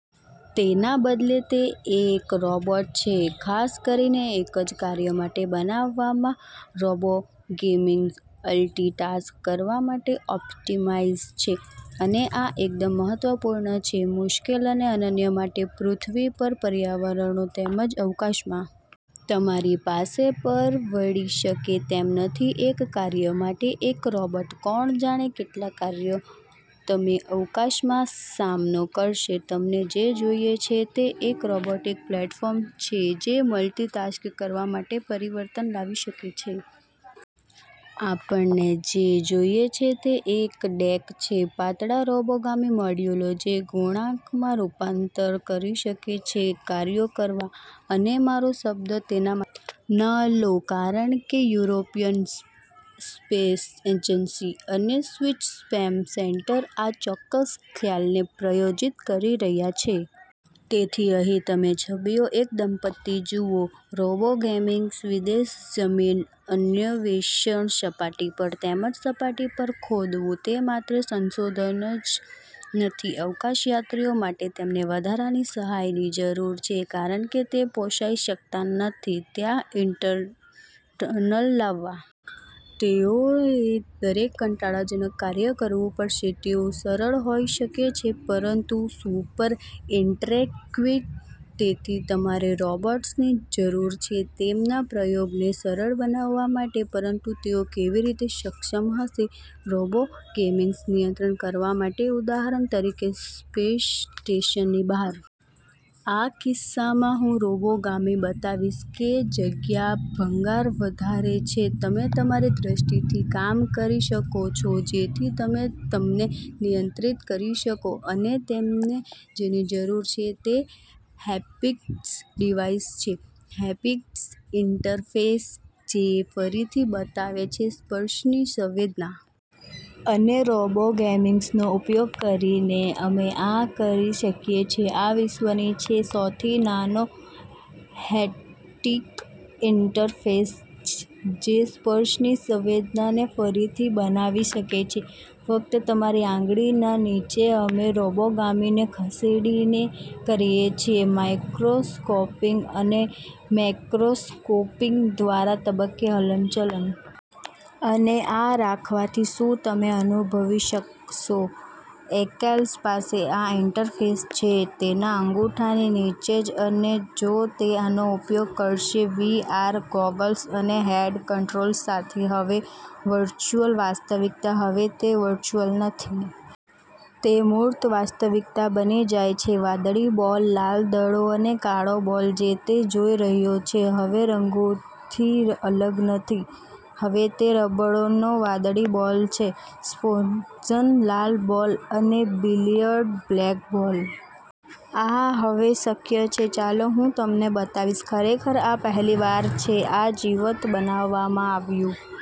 તેના બદલે તે એક રોબોટ છે ખાસ કરીને એક જ કાર્ય માટે બનાવવામાં. રોબોગેમિસ મલ્ટિટાસ્ક કરવા માટે ઓપ્ટિમાઇઝ છે. અને આ એકદમ મહત્વપૂર્ણ છે મુશ્કેલ અને અનન્ય માટે પૃથ્વી પર પર્યાવરણો તેમજ અવકાશમાં. તમારી પાસે પરવડી શકે તેમ નથી એક કાર્ય માટે એક રોબોટ. કોણ જાણે કેટલા કાર્યો તમે અવકાશમાં સામનો કરશે? તમને જે જોઈએ છે તે એક રોબોટિક પ્લેટફોર્મ છે જે મલ્ટિટાસ્ક કરવા માટે પરિવર્તન લાવી શકે છે. આપણે જે જોઈએ છે તે એક ડેક છે પાતળા રોબોગામી મોડ્યુલો જે ગુણાંકમાં રૂપાંતર કરી શકે છે કાર્યો કરવા. અને મારો શબ્દ તેના માટે ન લો કારણ કે યુરોપિયન સ્પેસ એજન્સી અને સ્વિસ સ્પેસ સેન્ટર આ ચોક્કસ ખ્યાલને પ્રાયોજિત કરી રહ્યા છે. તેથી અહીં તમે છબીઓ એક દંપતિ જુઓ રોબોગેમિસના વિદેશી જમીન અન્વેષણ સપાટી પર. તેમજ સપાટી પર ખોદવું તે માત્ર સંશોધન જ નથી. અવકાશયાત્રીઓ માટે તેમને વધારાની સહાયની જરૂર છે કારણ કે તમે પોસાઇ શકતા નથી ત્ત્યાં ઇન્ટર્ન લાવવા. તેઓએ દરેક કંટાળાજનક કાર્ય કરવું પડશે. તેઓ સરળ હોઈ શકે છે પરંતુ સુપર ઇન્ટરેક્ટિવ. તેથી તમારે રોબોટ્સની જરૂર છે તેમના પ્રયોગોને સરળ બનાવવા માટે. પરંતુ તેઓ કેવી રીતે સક્ષમ હશે રોબોગેમિસને નિયંત્રિત કરવા માટે ઉદાહરણ તરીકે સ્પેસ સ્ટેશનની બહાર? આ કિસ્સામાં હું રોબોગામી બતાવીશ કે જગ્યા ભંગાર ધરાવે છે. તમે તમારી દ્રષ્ટિથી કામ કરી શકો છો જેથી તમે તેમને નિયંત્રિત કરી શકો. અને તમને જેની જરૂર છે તે હેપ્ટિક ડિવાઇસ છે. હેપ્ટિક ઇન્ટરફેસ જે ફરીથી બનાવે છે સ્પર્શની સંવેદના. અને રોબોગેમિસનો ઉપયોગ કરીને અમે આ કરી શકીએ છીએ. આ વિશ્વની છે સૌથી નાનો હેપ્ટીક ઇન્ટરફેસ જે સ્પર્શની સંવેદનાને ફરીથી બનાવી શકે છે ફક્ત તમારી આંગળીના નીચે. અમે રોબોગામીને ખસેડીને કરીએ છીએ માઇક્રોસ્કોપિક અને મેક્રોસ્કોપિક દ્વારા તબક્કે હલનચલન. અને આ રાખવાથી શું તમે અનુભવી શકશો? એલેક્સ પાસે આ ઇન્ટરફેસ છે તેના અંગૂઠાની નીચે જ અને જો તે આનો ઉપયોગ કરશે વી.આર ગોગલ્સ અને હેન્ડ કંટ્રોલર્સ સાથે, હવે વર્ચુઅલ વાસ્તવિકતા હવે તે વર્ચુઅલ નથી. તે મૂર્ત વાસ્તવિકતા બની જાય છે. વાદળી બોલ, લાલ દડો અને કાળો બોલ જે તે જોઈ રહ્યો છે હવે રંગોથી અલગ નથી. હવે તે રબરનો વાદળી બોલ છે, સ્પોન્જ લાલ બોલ અને બિલિયર્ડ બ્લેક બોલ. આ હવે શક્ય છે. ચાલો હું તમને બતાવીશ. ખરેખર આ પહેલી વાર છે આ જીવંત બતાવવામાં આવ્યું.